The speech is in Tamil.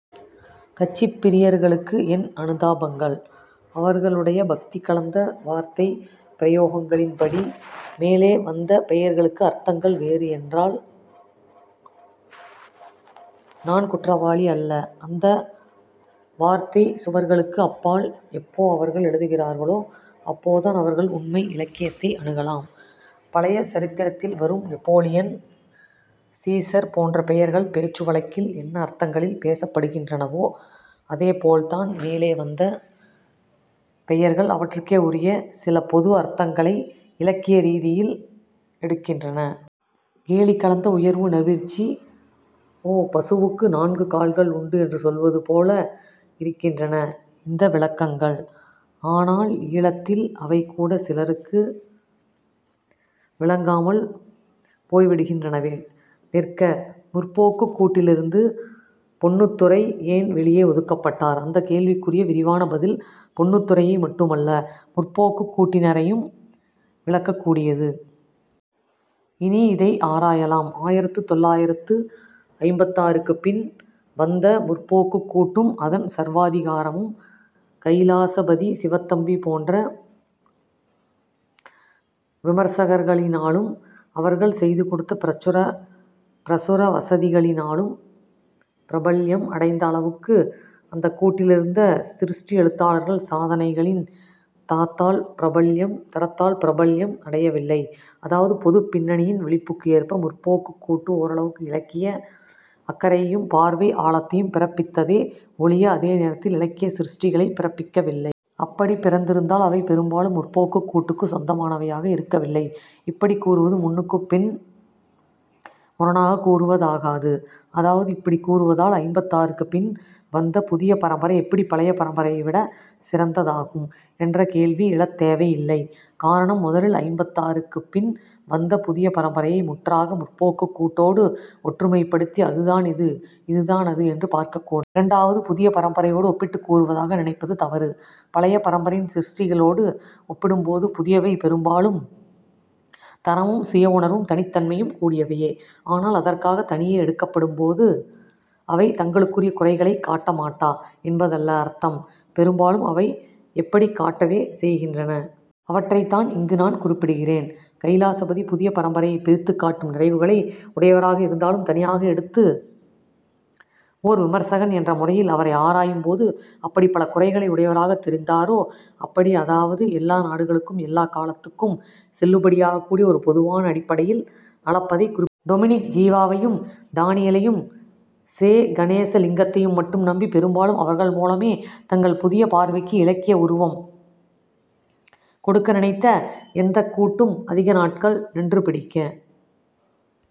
கட்சிப் பிரியர்களுக்கு என் அனுதாபங்கள். அவர்களுடைய பக்தி கலந்த வார்த்தைப் பிரயோகங்களின்படி மேலே வந்த பெயர்களுக்கு அர்த்தங்கள் வேறு என்றால் நான் குற்றவாளி அல்ல. அந்த வார்த்தைச் சுவர்களுக்கு அப்பால் எப்போ அவர்கள் எழுதுகிறார்களோ அப்போதான் அவர்கள் உண்மை இலக்கியத்தை அணுகலாம். பழைய சரித்திரத்தில் வரும் நெப்போலியன், சீசர் போன்ற பெயர்கள் பேச்சுவழக்கில் என்ன அர்த்தங்களில் பேசப்படுகின்றனவோ அதேபோல் தான் மேலே வந்த பெயர்கள் அவற்றுக்கே உரிய சில பொது அர்த்தங்களை இலக்கிய ரீதியில் எடுக்கின்றன. கேலி கலந்த உயர்வு நவிற்சி. ஓ, பசுவுக்கு நான்கு கால்கள் உண்டு என்று சொல்வதுபோல இருக்கின்றன இந்த விளக்கங்கள்.. ஆனால் ஈழத்தில் அவைகூட சிலருக்கு விளங்காமல் போய்விடுகின்றனவே. நிற்க, 'முற்போக்கு'க் கூட்டிலிருந்து பொன்னுத்துரை ஏன் வெளியே ஒதுக்கப்பட்டார்? அந்தக் கேள்விக்குரிய விரிவான பதில் பொன்னுத்துரையை மட்டுமல்ல 'முற்போக்கு'க் கூட்டினரையும் விளக்கக் கூடியது. இனி இதை ஆராயலாம். ஆயிரத்து தொள்ளாயிரத்து ஐம்பத்தாறுக்குப் பின் வந்த 'முற்போக்கு'க் கூட்டும் அதன் சர்வாதிகாரமும், கைலாசபதி, சிவத்தம்பி போன்ற விமர்சகர்களினாலும் அவர்கள் செய்து கொடுத்த பிரசுர வசதிகளினாலும் பிரபல்யம் அடைந்த அளவுக்கு அந்தக் கூட்டிலிருந்த சிருஷ்டி எழுத்தாளர்கள் சாதனைகளின் தரத்தால் பிரபல்யம் அடையவில்லை. அதாவது பொதுப் பின்னணியின் விழிப்புக்கு ஏற்ப 'முற்போக்கு'க் கூட்டு ஓரளவுக்கு இலக்கிய அக்கறையையும் பார்வை ஆழத்தையும் பிறப்பித்ததே ஓழிய அதே தரத்தில் இலக்கிய சிருஷ்டிகளைப் பிறப்பிக்கவில்லை. அப்படிப் பிறந்திருந்தால் அவை பெரும்பாலும் 'முற்போக்கு'க் கூட்டுக்குச் சொந்தமானவையாக இருக்கவில்லை. இப்படிக் கூறுவது முன்னுக்குப்பின் முரணாகக் கூறுவதாகாது. அதாவது இப்படிக் கூறுவதால் ஐம்பத்தாறுக்குப் பின் வந்த புதிய பரம்பரை எப்படிப் பழைய பரம்பரையை விடச் சிறந்ததாகும் என்ற கேள்வி எழத் தேவையில்லை. காரணம், முதலில் ஐம்பத்தாறுக்குப் பின் வந்த புதிய பரம்பரையை முற்றாக 'முற்போக்கு'க் கூட்டோடு ஒற்றுமைப்படுத்தி அதுதான் இது, இதுதான் அது என்று பார்க்கக் கூடாது. இரண்டாவது, புதிய பரம்பரையோடு ஒப்பிட்டுக் கூறுவதாக நினைப்பது தவறு. பழைய பரம்பரையின் சிருஷ்டிகளோடு ஒப்பிடும்போது புதியவை பெரும்பாலும் தரமும் சுயஉணர்வும் தனித்தன்மையும் கூடியவையே. ஆனால் அதற்காக, தனியே எடுக்கப்படும்போது அவை தங்களுக்குரிய குறைகளைக் காட்ட மாட்டா என்பதல்ல அர்த்தம். பெரும்பாலும் அவை எப்படிக் காட்டவே செய்கின்றன. அவற்றைத்தான் இங்கு நான் குறிப்பிடுகிறேன். கைலாசபதி புதிய பரம்பரையைப் பிரித்துக் காட்டும் நிறைவுகளை உடையவராக இருந்தாலும் தனியாக எடுத்து ஓர் விமர்சகன் என்ற முறையில் அவரை ஆராயும் போது அப்படிப் பல குறைகளை உடையவராகத் தெரிந்தாரோ அப்படி. அதாவது எல்லா நாடுகளுக்கும் எல்லாக் காலத்துக்கும் செல்லுபடியாகக் கூடிய ஒரு பொதுவான அடிப்படையில் அளப்பதைக் குறிப்பிடுகிறேன். டொமினிக் ஜீவாவையும், டானியலையும், செ. கணேசலிங்கத்தையும் மட்டும் நம்பி, பெரும்பாலும் அவர்கள் மூலமே தங்கள் புதிய பார்வைக்கு இலக்கிய உருவம் கொடுக்க நினைத்த எந்தக் கூட்டும் அதிக நாட்கள் நின்று பிடிக்க